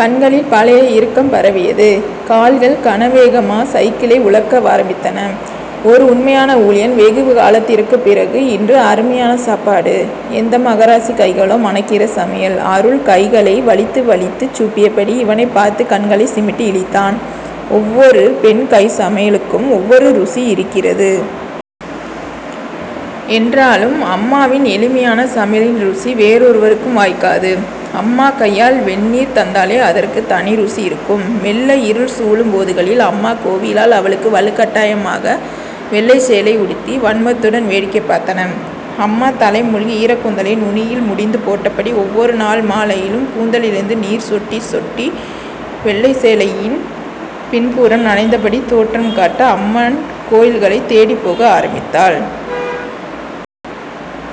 கண்களில் பழைய இறுக்கம் பரவியது. கால்கள் கனவேகமா சைக்கிளை உழக்க வாரம்பித்தன. ஒரு உண்மையான ஊழியன் வெகு காலத்திற்குப்பிறகு, இன்று அருமையான சாப்பாடு. எந்த மகராசி கைகளோ மணக்கிற சமையல். அருள் கைகளை வழித்து வழித்துச் சூப்பியபடி இவனைப் பார்த்து கண்களைச் சிமிட்டி இளித்தான். ஒவ்வொரு பெண் கைச்சமையலுக்கும் ஒவ்வொரு ருசி இருக்கிறது. என்றாலும் அம்மாவின் எளிமையான சமையலின் ருசி வேறெவருக்கும் வாய்க்காது. அம்மா கையால் வெந்நீர் தந்தாலே அதற்குத் தனி ருசி இருக்கும். மெல்ல இருள் சூழும் போதுகளில் அம்மா கோவிலால் அவளுக்கு வலுக்கட்டாயமாக வெள்ளைச்சேலை உடுத்தி வன்மத்துடன் வேடிக்கை பார்த்தன. அம்மா தலை முழுகி ஈரக்கூந்தலை நுனியில் முடிந்து போட்டபடி ஒவ்வொரு நாள் மாலையிலும் கூந்தலிலிருந்து நீர் சொட்டிச் சொட்டி வெள்ளைச்சேலையின் பின்புறம் நனைந்தபடி தோற்றம்காட்ட, அம்மன் கோயில்களைத் தேடிப்போக ஆரம்பித்தாள்.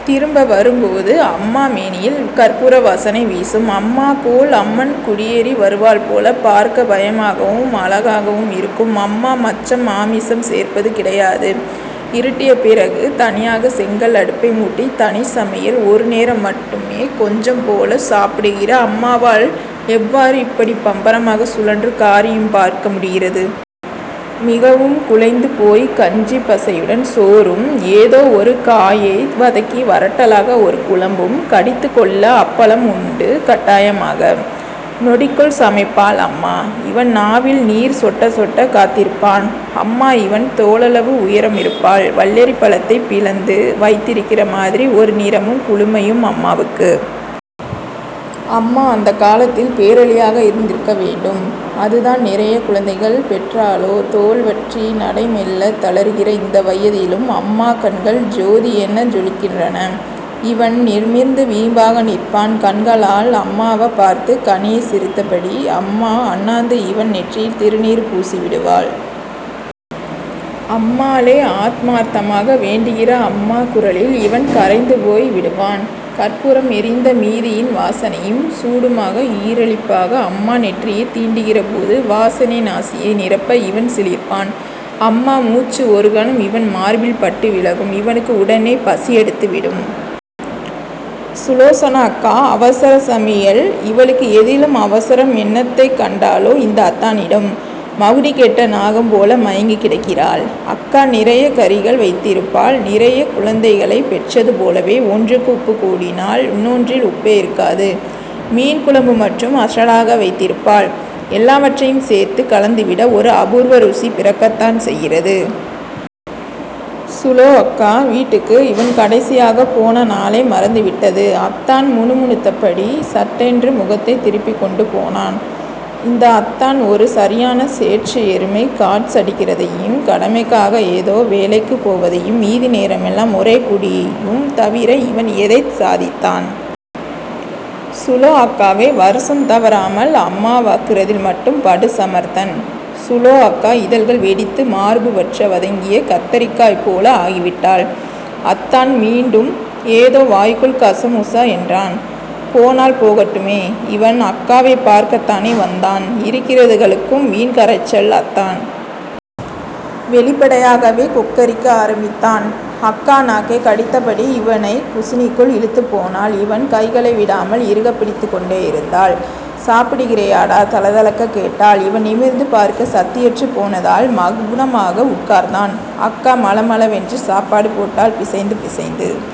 திரும்பவரும்போது அம்மா மேனியில் கற்பூர வாசனை வீசும். அம்மா போல் அம்மன் குடியேறி வருவாள் போல பார்க்க பயமாகவும் அழகாகவும் இருக்கும். அம்மா மச்சம் மாமிசம் சேர்ப்பது கிடையாது. இருட்டிய பிறகு தனியாக செங்கல் அடுப்பைமூட்டி தனிச் சமையல். ஒரு நேரம் மட்டுமே கொஞ்சம் போலச் சாப்பிடுகிற அம்மாவால் எவ்வாறு இப்படி பம்பரமாகச் சுழன்று காரியம் பார்க்கமுடிகிறது! மிகவும் குழைந்து போய்க் கஞ்சிப் பசையுடன் சோறும் ஏதோ ஒரு காயை வதக்கி வறட்டலாக ஒரு குழம்பும், கடித்துக்கொள்ள அப்பளம் உண்டு கட்டாயமாக. நொடிக்குள் சமைப்பாள் அம்மா. இவன் நாவில் நீர் சொட்டச்சொட்ட காத்திருப்பான். அம்மா இவன் தோளளவு உயரமிருப்பாள். வெள்ளரிப்பழத்தைப் பிளந்து வைத்திருக்கிற மாதிரி ஒரு நிறமும் குளுமையும் அம்மாவுக்கு. அம்மா அந்தக்காலத்தில் பேரழகியாக இருந்திருக்க வேண்டும். அதுதான் நிறையக் குழந்தைகள் பெற்றாளோ தோல்வற்றி நடை மெல்லத் தளர்கிற இந்த வயதிலும் அம்மா கண்கள் ஜோதியென ஜொலிக்கின்றன. இவன் நிமிர்ந்து வீம்பாக நிற்பான் கண்களால் அம்மாவப் பார்த்து கனியச் சிரித்தபடி. அம்மா அண்ணாந்து இவன் நெற்றியில் திருநீறு பூசிவிடுவாள். அம்மாளே ஆத்மார்த்தமாக வேண்டுகிற அம்மா குரலில் இவன் கரைந்து போய் விடுவான். கற்பூரம் எரிந்த மீதியின் வாசனையும் சூடுமாக ஈரலிப்பாக அம்மா நெற்றியைத் தீண்டுகிற போது வாசனை நாசியை நிரப்ப இவன் சிலிர்ப்பான். அம்மா மூச்சு ஒருகணம் இவன் மார்பில் பட்டுவிலகும். இவனுக்கு உடனே பசியெடுத்துவிடும். சுலோசனா அக்கா அவசரச் சமையல் இவளுக்கு எதிலும் அவசரம் என்னத்தைக் கண்டாளோ இந்த அத்தானிடம். மகுடி கேட்ட நாகம்போல மயங்கிக் கிடக்கிறாள். அக்கா நிறையக்கறிகள். வைத்திருப்பாள் நிறையக் குழந்தைகளைப் பெற்றது போலவே, ஒன்றுக்கு உப்புக்கூடினால் இன்னொன்றில் உப்பே இருக்காது. மீன்குழம்பு மட்டும் அசலாக வைத்திருப்பாள். எல்லாவற்றையும் சேர்த்துக் கலந்துவிட ஒரு அபூர்வ ருசி பிறக்கத்தான் செய்கிறது. சுலோ அக்கா வீட்டுக்கு இவன் கடைசியாகப் போனநாளே மறந்துவிட்டது. அத்தான் முணுமுணுத்தபடி சட்டென்று முகத்தைத் திருப்பிக்கொண்டு போனான். இந்த அத்தான் ஒரு சரியான சேற்று எருமை காட்ஸ் அடிக்கிறதையும், கடமைக்காக ஏதோ வேலைக்குப் போவதையும் மீதி நேரமெல்லாம் ஒரே குடியையும் தவிர இவன் எதைத் சாதித்தான்? சுலோ அக்காவை வருஷம் தவறாமல் அம்மாவாக்குகிறதில் மட்டும் படுசமர்த்தன். சுலோ அக்கா இதழ்கள் வெடித்து மார்பு வற்ற வதங்கிய கத்தரிக்காய் போல ஆகிவிட்டாள். அத்தான் மீண்டும் ஏதோ வாய்க்குள் கசமுச என்றான். போனால் போகட்டுமே! இவன் அக்காவைப் பார்க்கத் தானே வந்தான். இருக்கிறதுகளுக்கும் வீண் கரைச்சல். அத்தான் வெளிப்படையாகவே கொக்கரிக்க ஆரம்பித்தான். அக்கா நாக்கை கடித்தபடி இவனைக் குசினிக்குள் இழுத்துப் போனாள் இவன் கைகளை விடாமல் இறுகப் பிடித்துக் கொண்டேயிருந்தாள். சாப்பிடுகிறியடா தளதளக்க கேட்டாள். இவன் நிமிர்ந்து பார்க்க சக்தியற்றுப் போனதால் மெளனமாக உட்கார்ந்தான். அக்கா மளமளவென்று சாப்பாடு போட்டாள். பிசைந்து பிசைந்து